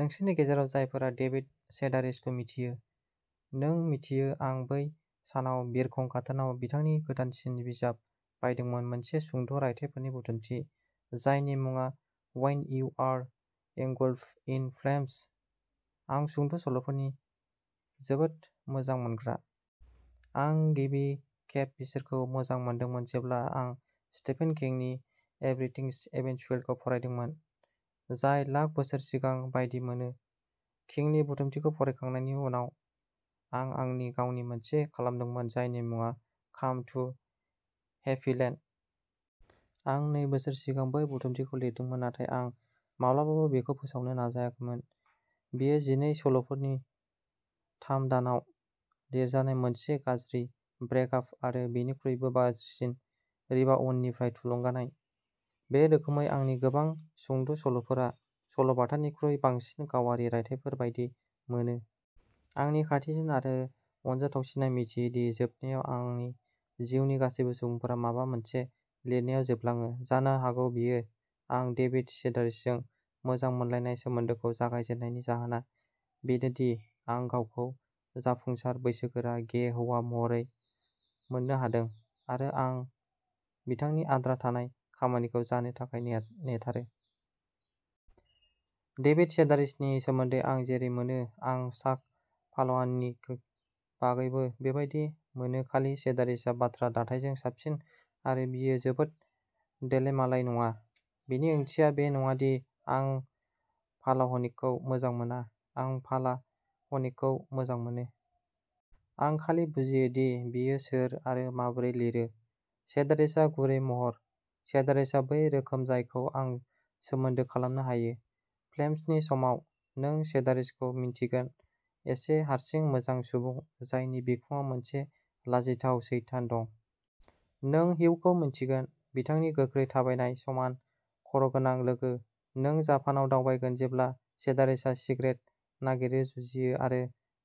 नोंसोरनि गेजेराव जायफोरा डेभिड सेडारिसखौ मिथियो, नों मिथियो आं बै सानाव बिरखं गाथोनाव बिथांनि गोदानसिन बिजाब बायदोंमोन मोनसे सुंद' रायथाइफोरनि बुथुमथि, जायनि मुङा when you are engulfed in flames. आं सुंद' सल'फोरनि जोबोद मोजां मोनग्रा। आं गिबि खेब बिसोरखौ मोजां मोनदोंमोन जेब्ला आं स्टिफेन किंनि एभरिथिंस इभेन्चुएलखौ फरायदोंमोन, जाय लाख बोसोर सिगां बायदि मोनो। किंनि बुथुमथिखौ फरायखांनायनि उनाव, आं आंनि गावनि मोनसे खालामदोंमोन, जायनि मुङा काम टु हेप्पीलेन्ड। आं नै बोसोर सिगां बै बुथुमथिखौ लिरदोंमोन, नाथाय आं माब्लाबाबो बेखौ फोसावनो नाजाखैमोन। बेयो जिनै सल'फोरमोन, थाम दानाव लिरजानाय, मोनसे गाज्रि ब्रेकआप आरो बेनिख्रुइबो गाज्रिसिन रिबाउन्डनिफ्राय थुलुंगानाय। बे रोखोमै, आंनि गोबां सुंद'सल'फोरा सल'बाथानिख्रुइ बांसिन गावारि रायथाइफोर बायदि मोनो। आंनि खाथिसिन आरो अनजाथावसिनआ मिथियो दि जोबनायाव, आंनि जिउनि गासैबो सुबुंफोरा माबा मोनसे लिरनायाव जोबलाङो। जानो हागौ बेयो। आं डेभिड सेडारिसजों मोजां मोनलायनाय सोमोन्दोखौ जागाय जेननायनि जाहोना बेनो दि आं गावखौ जाफुंसार, बैसोगोरा, गे हौवा महरखौ मोननो हादों, आरो आं बिथांनि आद्रा थानाय खामानिखौ जानो थाखाय नेथारो। डेभिड सेडारिसनि सोमोन्दै आं जेरै मोनो, आं चाक पालाहनिकनि बागैबो बेबायदि मोनो, खालि सेडारिसआ बाथ्रा दाथाइजों साबसिन आरो बियो जोबोद देलायमालाय नङा। बेनि ओंथिया बे नङा दि आं पालाहनिकखौ मोजां मोना। आं पालाहनिकखौ मोजां मोनो। आं खालि बुजियो दि बियो सोर आरो माबोरै लिरो। सेडारिसआ गुरै महर। सेडारिसआ बै रोखोम जायखौ आं सोमोन्दो खालामनो हायो। फ्लेम्सनि समाव, नों सेडारिसखौ मिन्थिगोन एसे हारसिं, मोजां सुबुं जायनि बिखुङाव मोनसे लाजिथाव सैतान दं। नों हिउखौ मिन्थिगोन, बिथांनि गोख्रै थाबायनाय, समान खर'गोनां लोगो। नों जापानआव दावबायगोन जेब्ला सेडारिसआ सिगारेट नागारनो जुजियो, आरो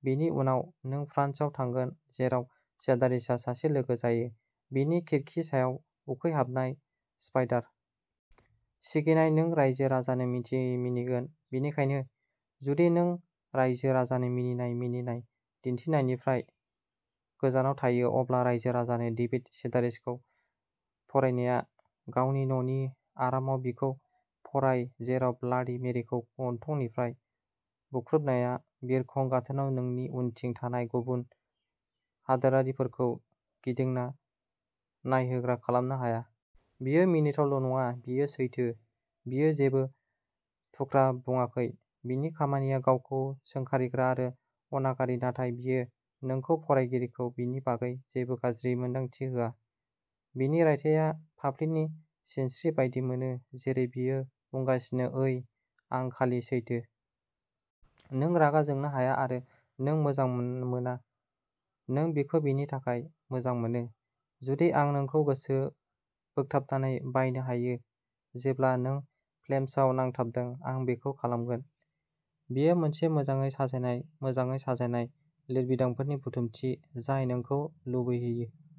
बेनि उनाव, नों फ्रान्सआव थांगोन, जेराव सेडारिसआ सासे लोगो जायो। बिनि खिरखि सायाव उखैहाबनाय स्पाइडार। सिगिनाय नों रायजो राजानो मिनिगोन, बेनिखायनो जुदि नों राइजो राजानो मिनिनाय मिनिनाय दिन्थिनायनिफ्राय गोजानाव थायो, अब्ला रायजो राजानो डेभिड सेडारिसखौ फरायनाङा। गावनि न'नि आरामाव बिखौ फराय, जेराव ब्लाडि मेरिखौ गन्थंनिफ्राय बुख्रुबनाया बिरखं गाथोनाव नोंनि उनथिं थानाय गुबुन हादोरारिफोरखौ गिदिंना नायहोग्रा खालामनो हाया। बियो मिनिथावल' नङा। बियो सैथो। बियो जेबो थुख्रा बुङाखै। बिनि खामानिया गावखौ सोंखारिग्रा आरो अनागारि, नाथाय बियो नोंखौ, फरायगिरिखौ, बेनि बागै जेबो गाज्रि मोन्दांथि होआ। बिनि रायथाइया फाफ्लिनि सिनस्रि बायदि मोनो। जेरै बियो बुंगासिनो, ओइ, आं खालि सैथो। नों रागा जोंनो हाया आरो नों मोजां मोना। नों बिखौ बेनि थाखाय मोजां मोनो। जुदि आं नोंखौ गोसो बोगथाबनानै बायनो हायो जेब्ला नों फ्लेम्सआव नांथाबदों, आं बेखौ खालामगोन। बेयो मोनसे मोजाङै साजायनाय, मोजाङै साजायनाय लिरबिदांफोरनि बुथुमथि जाय नोंखौ लुबैहोयो।